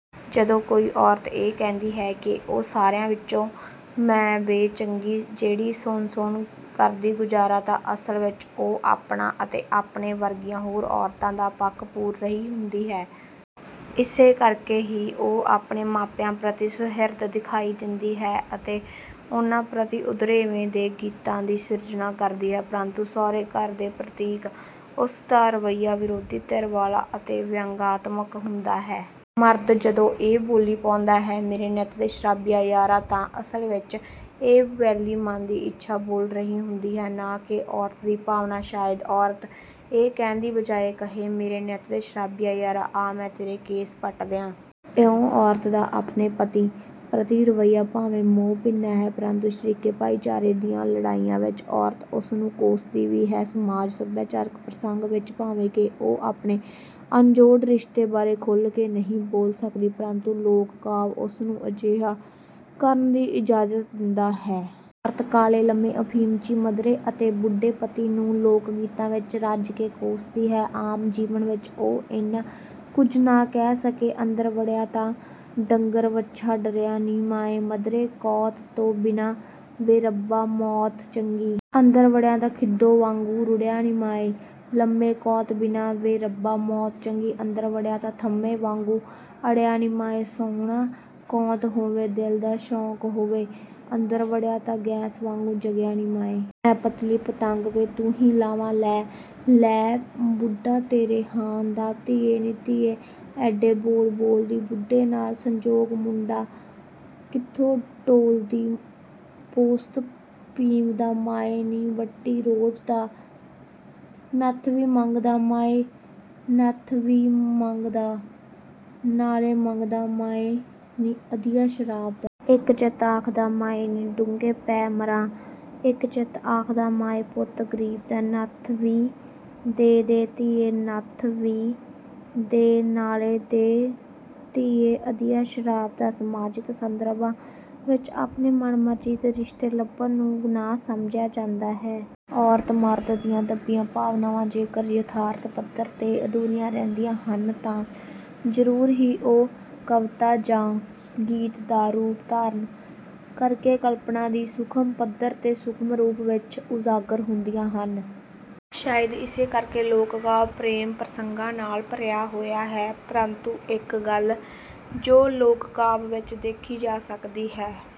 ਜਦੋਂ ਕੋਈ ਔਰਤ ਇਹ ਕਹਿੰਦੀ ਹੈ ਕਿ ਸਾਰਿਆਂ ਵਿੱਚੋਂ ਮੈਂ ਵੇ ਚੰਗੀ ਜਿਹੜੀ ਸੁਣ ਸੁਣ ਕਰਦੀ ਗੁਜਾਰਾ ਤਾਂ ਅਸਲ ਵਿੱਚ ਉਹ ਆਪਣਾ ਅਤੇ ਆਪਣੇ ਵਰਗੀਆਂ ਹੋਰ ਔਰਤਾਂ ਦਾ ਪੱਖ ਪੂਰ ਰਹੀ ਹੁੰਦੀ ਹੈ। ਇਸੇ ਕਰਕੇ ਹੀ ਉਹ ਆਪਣੇ ਮਾਪਿਆਂ ਪ੍ਰਤਿ ਸੁਹਿਰਦ ਦਿਖਾਈ ਦਿੰਦੀ ਹੈ ਅਤੇ ਉਨ੍ਹਾਂ ਪ੍ਰਤਿ ਉਦਰੇਵੇਂ ਦੇ ਗੀਤਾਂ ਦੀ ਸਿਰਜਣਾ ਕਰਦੀ ਹੈ ਪਰੰਤੂ ਸਹੁਰੇ ਘਰ ਦੇ ਪ੍ਰਤੀ ਉਸ ਦਾ ਰਵੱਈਆ ਵਿਰੋਧੀ ਧਿਰ ਵਾਲਾ ਅਤੇ ਵਿਅੰਗਆਤਮਕ ਹੁੰਦਾ ਹੈ। ਮਰਦ ਜਦੋਂ ਇਹ ਬੋਲੀ ਪਾਉਂਦਾ ਹੈ ਮੇਰੇ ਨਿੱਤ ਦੇ ਸ਼ਰਾਬੀਆ ਯਾਰਾ। ਤਾਂ ਅਸਲ ਵਿੱਚ ਇਹ ਵੈਲੀ ਮਨ ਦੀ ਇੱਛਾ ਬੋਲ ਰਹੀ ਹੁੰਦੀ ਹੈ ਨਾ ਕਿ ਔਰਤ ਦੀ ਭਾਵਨਾ। ਸ਼ਾਇਦ ਔਰਤ ਇਹ ਕਹਿਣ ਦੀ ਬਜਾਏ ਕਹੇ ਮੇਰੇ ਨਿੱਤ ਦੇ ਸ਼ਰਾਬੀਆ ਯਾਰਾ ਆ ਮੈਂ ਤੇਰੇ ਕੇਸ ਪੱਟਦਿਆ। ਇਉਂ ਔਰਤ ਦਾ ਆਪਣੇ ਪਤੀ ਪ੍ਰਤੀ ਰਵੱਈਆ ਭਾਵੇਂ ਮੋਹ-ਭਿੰਨਾ ਹੈ ਪ੍ਰੰਤੂ ਸ਼ਰੀਕੇ ਭਾਈਚਾਰੇ ਦੀਆਂ ਲੜਾਈਆਂ ਵਿੱਚ ਔਰਤ ਉਸ ਨੂੰ ਕੋਸਦੀ ਵੀ ਹੈ। ਸਮਾਜ ਸਭਿਆਚਾਰਕ ਪ੍ਰਸੰਗ ਵਿੱਚ ਭਾਵੇਂ ਕਿ ਉਹ ਆਪਣੇ ਅਨਜੋੜ ਰਿਸ਼ਤੇ ਬਾਰੇ ਖੁੱਲ੍ਹ ਕੇ ਨਹੀਂ ਬੋਲ ਸਕਦੀ ਪ੍ਰੰਤੂ ਲੋਕ ਕਾਵਿ ਉਸ ਨੂੰ ਅਜਿਹਾ ਕਰਨ ਦੀ ਇਜਾਜ਼ਤ ਦਿੰਦਾ ਹੈ। ਔਰਤ ਕਾਲ਼ੇ, ਲੰਮੇ, ਅਫ਼ੀਮਚੀ, ਮਧਰੇ ਅਤੇ ਬੁੱਢੇ ਪਤੀ ਨੂੰ ਲੋਕ ਗੀਤਾਂ ਵਿੱਚ ਰੱਜ ਕੇ ਕੋਸਦੀ ਹੈ। ਆਮ ਜੀਵਨ ਵਿੱਚ ਉਹ ਇੰਨਾਂ ਕੁਝ ਨਾ ਕਹਿ ਸਕੇ। ਅੰਦਰ ਵੜਿਆ ਤਾਂ ਡੰਗਰ ਵੱਛਾ ਡਰਿਆ ਨੀ ਮਾਏ ਮਧਰੇ ਕੌਤ ਤੋਂ ਬਿਨਾ ਵੇ ਰੱਬਾ ਮੌਤ ਚੰਗੀ। ਅੰਦਰ ਵੜਿਆ ਤਾਂ ਖਿੱਦੋ ਵਾਗੂੰ ਰਿੜ੍ਹਿਆ ਨੀ ਮਾਏ ਲੰਬੇ ਕੌਂਤ ਬਿਨਾਂ ਵੇ ਰੱਬਾ ਮੌਤ ਚੰਗੀ। ਅੰਦਰ ਵੜਿਆ ਤਾਂ ਥੰਮੇ ਵਾਗੂੰ ਅੜਿਆ ਨੀ ਮਾਏ। ਸੋਹਣਾ ਕੌਤ ਹੋਵੇ ਦਿਲ ਦਾ ਸੌਕ ਹੋਵੇ। ਅੰਦਰ ਵੜਿਆ ਤਾ ਗੈਸ ਵਾਗੂੰ ਜਗਿਆ ਨੀ ਮਾਏ। ਮੈਂ ਪਤਲੀ ਪਤੰਗ ਵੇ। ਤੂੰ ਹੀ ਲਾਵਾਂ ਲੈ ਲੈ ਬੁੱਢਾ ਤੇਰੇ ਹਾਣ ਦਾ। ਧੀਏ ਨੀ ਧੀਏ ਐੱਡੇ ਬੋਲ ਬੋਲਦੀ ਬੁੱਢੇ ਨਾਲ਼ ਸੰਜੋਗ ਮੂੰਡਾ ਕਿੱਥੋਂ ਟੋਲਦੀ। ਪੋਸਤ ਪੀਵਦਾ ਮਾਏ ਨੀ ਵੱਟੀ ਰੋਜ ਦਾ। ਨੱਥਵੀ ਮੰਗਦਾ ਮਾਏ ਨੱਥ ਵੀ ਮੰਗਦਾ, ਨਾਲੇ ਮੰਗਦਾ ਮਾਏ ਨੀ ਅਧੀਆ ਸ਼ਰਾਬ ਦਾ। ਇੱਕ ਚਿਤ ਆਖਦਾ ਮਾਏ ਨੀ ਡੂੰਘੇ ਪੈ ਮਰਾਂ। ਇੱਕ ਚਿਤ ਆਖਦਾ ਮਾਏ ਪੁੱਤ ਗਰੀਬ ਦਾ। ਨੱਥ ਵੀ ਦੇ ਦੇ ਧੀਏ, ਨੱਥ ਵੀ ਦੇ ਨਾਲੇ ਦੇ ਧੀਏ ਅਧੀਆ ਸ਼ਰਾਬ ਦਾ। ਸਮਾਜਿਕ ਸੰਦਰਭਾਂ ਵਿੱਚ ਆਪਣੇ ਮਨਮਰਜ਼ੀ ਦੇ ਰਿਸ਼ਤੇ ਲੱਭਣ ਨੂੰ ਗੁਨਾਹ ਸਮਝਿਆ ਜਾਂਦਾ ਹੈ। ਔਰਤ ਮਰਦ ਦੀਆਂ ਦੱਬੀਆਂ ਭਾਵਨਾਵਾਂ ਜੇਕਰ ਯਥਾਰਥ ਪੱਧਰ ਤੇ ਅਧੂਰੀਆਂ ਰਹਿੰਦੀਆਂ ਹਨ ਤਾਂ ਜ਼ਰੂਰ ਹੀ ਉਹ ਕਵਿਤਾ ਜਾਂ ਗੀਤ ਦਾ ਰੂਪ ਧਾਰਨ ਕਰਕੇ ਕਲਪਨਾ ਦੀ ਸੂਖਮ ਪੱਧਰ ਤੇ ਸੂਖਮ ਰੂਪ ਵਿੱਚ ਉਜਾਗਰ ਹੁੰਦੀਆਂ ਹਨ। ਸ਼ਾਇਦ ਇਸੇ ਕਰਕੇ ਲੋਕ-ਕਾਵਿ ਪ੍ਰੇਮ ਪ੍ਰਸੰਗਾਂ ਨਾਲ ਭਰਿਆ ਹੋਇਆ ਹੈ ਪਰੰਤੂ ਇੱਕ ਗੱਲ ਜੋ ਲੋਕ ਕਾਵਿ ਵਿੱਚ ਦੇਖੀ ਜਾ ਸਕਦੀ ਹੈ।